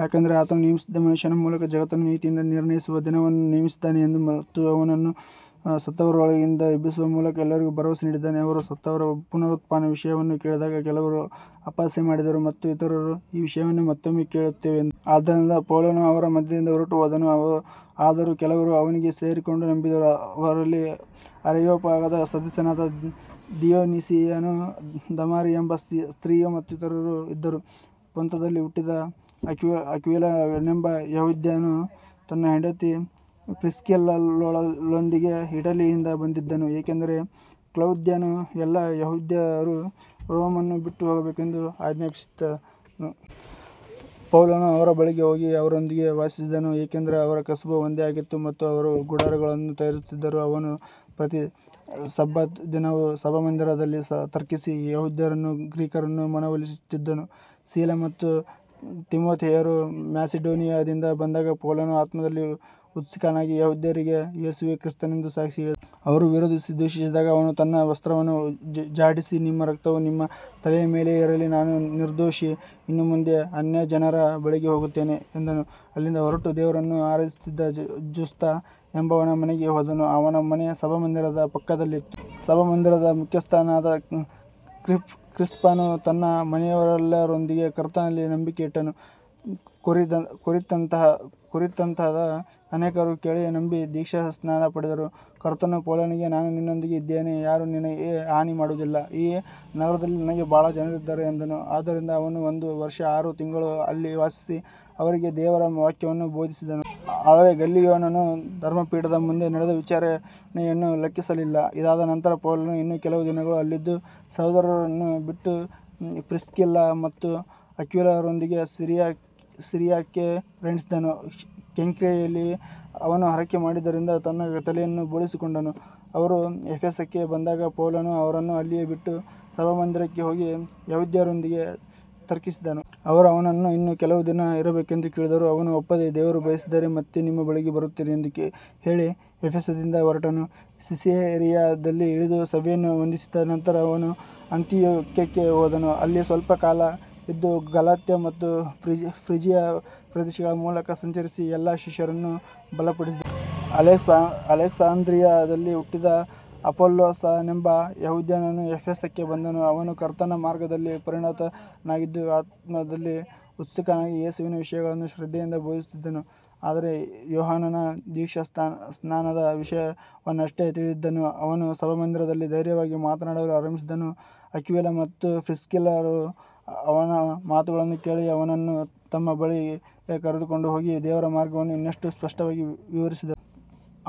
ಯಾಕಂದರೆ ಆತನು ನೇಮಿಸಿದ ಮನುಷ್ಯನ ಮೂಲಕ ಜಗತ್ತನ್ನು ನೀತಿಯಿಂದ ನಿರ್ಣಯಿಸುವ ದಿನವನ್ನು ನೇಮಿಸಿದ್ದಾನೆ ಮತ್ತು ಅವನನ್ನು ಸತ್ತವರೊಳಗಿಂದ ಎಬ್ಬಿಸುವ ಮೂಲಕ ಎಲ್ಲರಿಗೂ ಭರವಸೆ ನೀಡಿದ್ದಾನೆ. ಅವರು ಸತ್ತವರ ಪುನರುತ್ಥಾನದ ವಿಷಯವನ್ನು ಕೇಳಿದಾಗ ಕೆಲವರು ಅಪಹಾಸ್ಯ ಮಾಡಿದರು ಮತ್ತು ಇತರರು ಈ ವಿಷಯವನ್ನು ಮತ್ತೊಮ್ಮೆ ಕೇಳುತ್ತೇವೆ ಎಂದರು. ಆದ್ದರಿಂದ ಪೌಲನು ಅವರ ಮಧ್ಯದಿಂದ ಹೊರಟುಹೋದನು. ಆದರೂ ಕೆಲವರು ಅವನಿಗೆ ಸೇರಿಕೊಂಡು ನಂಬಿದರು. ಅವರಲ್ಲಿ ಅರೆಯೋಪಾಗದ ಸದಸ್ಯನಾದ ದಿಯೊನಿಸಿಯನೂ, ದಮಾರಿಯೆಂಬ ಸ್ತ್ರೀಯೂ ಮತ್ತು ಇತರರೂ ಇದ್ದರು. ಪೊಂತದಲ್ಲಿ ಹುಟ್ಟಿದ ಅಕ್ವಿಲನೆಂಬ ಯೆಹೂದ್ಯನು ತನ್ನ ಹೆಂಡತಿ ಪ್ರಿಸ್ಕಿಲ್ಲಳೊಂದಿಗೆ ಇಟಲಿಯಿಂದ ಬಂದಿದ್ದನು, ಏಕೆಂದರೆ ಕ್ಲೌದ್ಯನು ಎಲ್ಲಾ ಯೆಹೂದ್ಯರು ರೋಮನ್ನು ಬಿಟ್ಟುಹೋಗಬೇಕೆಂದು ಆಜ್ಞಾಪಿಸಿದ್ದನು. ಪೌಲನು ಅವರ ಬಳಿಗೆ ಹೋಗಿ ಅವರೊಂದಿಗೆ ವಾಸಿಸಿದನು, ಏಕೆಂದರೆ ಅವರ ಕಸುಬು ಒಂದೇ ಆಗಿತ್ತು ಮತ್ತು ಅವರು ಗುಡಾರಗಳನ್ನು ತಯಾರಿಸುತ್ತಿದ್ದರು. ಅವನು ಪ್ರತಿ ಸಬ್ಬತ್ ದಿನವೂ ಸಭಾಮಂದಿರದಲ್ಲಿ ತರ್ಕಿಸಿ ಯೆಹೂದ್ಯರನ್ನೂ ಗ್ರೀಕರನ್ನೂ ಮನವೊಲಿಸುತ್ತಿದ್ದನು. ಸೀಲ ಮತ್ತು ತಿಮೊಥೆಯರು ಮ್ಯಾಸಿಡೋನಿಯಾದಿಂದ ಬಂದಾಗ ಪೌಲನು ಆತ್ಮದಲ್ಲಿ ಉತ್ಸುಕನಾಗಿ ಯೆಹೂದ್ಯರಿಗೆ ಯೇಸುವೇ ಕ್ರಿಸ್ತನೆಂದು ಸಾಕ್ಷಿ ಹೇಳಿದನು. ಅವರು ವಿರೋಧಿಸಿ ದೂಷಿಸಿದಾಗ ಅವನು ತನ್ನ ವಸ್ತ್ರವನ್ನು ಝಾಡಿಸಿ, ನಿಮ್ಮ ರಕ್ತವು ನಿಮ್ಮ ತಲೆಯ ಮೇಲೆಯೇ ಇರಲಿ, ನಾನು ನಿರ್ದೋಷಿ, ಇನ್ನು ಮುಂದೆ ಅನ್ಯಜನರ ಬಳಿಗೆ ಹೋಗುತ್ತೇನೆ ಎಂದನು. ಅಲ್ಲಿಂದ ಹೊರಟು ದೇವರನ್ನು ಆರಾಧಿಸುತ್ತಿದ್ದ ಜುಸ್ತ ಎಂಬವನ ಮನೆಗೆ ಹೋದನು, ಅವನ ಮನೆ ಸಭಾಮಂದಿರದ ಪಕ್ಕದಲ್ಲಿತ್ತು. ಸಭಾಮಂದಿರದ ಮುಖ್ಯಸ್ಥನಾದ ಕ್ರಿಸ್ಪನು ತನ್ನ ಮನೆಯವರೆಲ್ಲರೊಂದಿಗೆ ಕರ್ತನಲ್ಲಿ ನಂಬಿಕೆಯಿಟ್ಟನು. ಕೊರಿಂಥದ ಅನೇಕರು ಕೇಳಿ ನಂಬಿ ದೀಕ್ಷಾಸ್ನಾನ ಪಡೆದರು. ಕರ್ತನು ಪೌಲನಿಗೆ, ನಾನು ನಿನ್ನೊಂದಿಗೆ ಇದ್ದೇನೆ, ಯಾರೂ ನಿನಗೆ ಹಾನಿ ಮಾಡುವುದಿಲ್ಲ, ಈ ನಗರದಲ್ಲಿ ನನಗೆ ಬಹಳ ಜನರಿದ್ದಾರೆ ಎಂದನು. ಆದ್ದರಿಂದ ಅವನು ಒಂದು ವರ್ಷ ಆರು ತಿಂಗಳು ಅಲ್ಲಿ ವಾಸಿಸಿ ಅವರಿಗೆ ದೇವರ ವಾಕ್ಯವನ್ನು ಬೋಧಿಸಿದನು. ಆದರೆ ಗಲ್ಲಿಯೋನನು ಧರ್ಮಪೀಠದ ಮುಂದೆ ನಡೆದ ವಿಚಾರಣೆಯನ್ನು ಲೆಕ್ಕಿಸಲಿಲ್ಲ. ಇದಾದ ನಂತರ ಪೌಲನು ಇನ್ನೂ ಕೆಲವು ದಿನಗಳು ಅಲ್ಲಿದ್ದು, ಸಹೋದರರನ್ನು ಬಿಟ್ಟು ಪ್ರಿಸ್ಕಿಲ್ಲ ಮತ್ತು ಅಕ್ವಿಲರೊಂದಿಗೆ ಸಿರಿಯಾಕ್ಕೆ ಪ್ರಯಾಣಿಸಿದನು. ಕೆಂಕ್ರೆಯದಲ್ಲಿ ಅವನು ಹರಕೆ ಮಾಡಿದ್ದರಿಂದ ತನ್ನ ತಲೆಯನ್ನು ಬೋಳಿಸಿಕೊಂಡನು. ಅವರು ಎಫೆಸಕ್ಕೆ ಬಂದಾಗ ಪೌಲನು ಅವರನ್ನು ಅಲ್ಲಿಯೇ ಬಿಟ್ಟು ಸಭಾಮಂದಿರಕ್ಕೆ ಹೋಗಿ ಯೆಹೂದ್ಯರೊಂದಿಗೆ ತರ್ಕಿಸಿದನು. ಅವರು ಅವನನ್ನು ಇನ್ನೂ ಕೆಲವು ದಿನ ಇರಬೇಕೆಂದು ಕೇಳಿದರೂ ಅವನು ಒಪ್ಪದೆ, ದೇವರು ಬಯಸಿದರೆ ಮತ್ತೆ ನಿಮ್ಮ ಬಳಿಗೆ ಬರುತ್ತೇನೆ ಎಂದು ಹೇಳಿ ಎಫೆಸದಿಂದ ಹೊರಟನು. ಸಿಸೇರಿಯಾದಲ್ಲಿ ಇಳಿದು ಸಭೆಯನ್ನು ವಂದಿಸಿದ ನಂತರ ಅವನು ಅಂತಿಯೋಕ್ಯಕ್ಕೆ ಹೋದನು. ಅಲ್ಲಿ ಸ್ವಲ್ಪ ಕಾಲ ಇದ್ದು ಗಲಾತ್ಯ ಮತ್ತು ಫ್ರಿಜಿಯಾ ಪ್ರದೇಶಗಳ ಮೂಲಕ ಸಂಚರಿಸಿ ಎಲ್ಲಾ ಶಿಷ್ಯರನ್ನು ಬಲಪಡಿಸಿದನು. ಅಲೆಕ್ಸಾಂದ್ರಿಯಾದಲ್ಲಿ ಹುಟ್ಟಿದ ಅಪೊಲ್ಲೋಸನೆಂಬ ಯೆಹೂದ್ಯನು ಎಫೆಸಕ್ಕೆ ಬಂದನು. ಅವನು ಕರ್ತನ ಮಾರ್ಗದಲ್ಲಿ ಪರಿಣತನಾಗಿದ್ದು, ಆತ್ಮದಲ್ಲಿ ಉತ್ಸುಕನಾಗಿ ಯೇಸುವಿನ ವಿಷಯಗಳನ್ನು ಶ್ರದ್ಧೆಯಿಂದ ಬೋಧಿಸುತ್ತಿದ್ದನು, ಆದರೆ ಯೋಹಾನನ ದೀಕ್ಷಾಸ್ನಾನದ ವಿಷಯವನ್ನಷ್ಟೇ ತಿಳಿದಿದ್ದನು. ಅವನು ಸಭಾಮಂದಿರದಲ್ಲಿ ಧೈರ್ಯವಾಗಿ ಮಾತನಾಡಲು ಆರಂಭಿಸಿದನು. ಅಕ್ವಿಲ ಮತ್ತು ಪ್ರಿಸ್ಕಿಲ್ಲರು ಅವನ ಮಾತುಗಳನ್ನು ಕೇಳಿ ಅವನನ್ನು ತಮ್ಮ ಬಳಿಗೆ ಕರೆದುಕೊಂಡು ಹೋಗಿ ದೇವರ ಮಾರ್ಗವನ್ನು ಇನ್ನಷ್ಟು ಸ್ಪಷ್ಟವಾಗಿ ವಿವರಿಸಿದರು.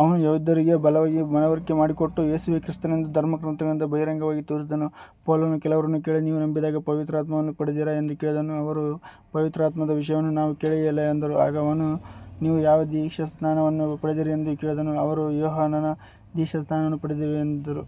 ಅವನು ಯೆಹೂದ್ಯರಿಗೆ ಬಲವಾಗಿ ಮನವರಿಕೆ ಮಾಡಿಕೊಟ್ಟು, ಯೇಸುವೇ ಕ್ರಿಸ್ತನೆಂದು ಧರ್ಮಗ್ರಂಥಗಳಿಂದ ಬಹಿರಂಗವಾಗಿ ತೋರಿಸಿದನು. ಪೌಲನು ಕೆಲವರನ್ನು ಕೇಳಿ, ನೀವು ನಂಬಿದಾಗ ಪವಿತ್ರಾತ್ಮವನ್ನು ಪಡೆದಿರಾ ಎಂದು ಕೇಳಿದನು. ಅವರು, ಪವಿತ್ರಾತ್ಮದ ವಿಷಯವನ್ನು ನಾವು ಕೇಳಿಯೇ ಇಲ್ಲ ಎಂದರು. ಆಗ ಅವನು, ನೀವು ಯಾವ ದೀಕ್ಷಾಸ್ನಾನವನ್ನು ಪಡೆದಿರಿ ಎಂದು ಕೇಳಿದನು. ಅವರು, ಯೋಹಾನನ ದೀಕ್ಷಾಸ್ನಾನವನ್ನು ಪಡೆದಿದ್ದೇವೆ ಎಂದರು.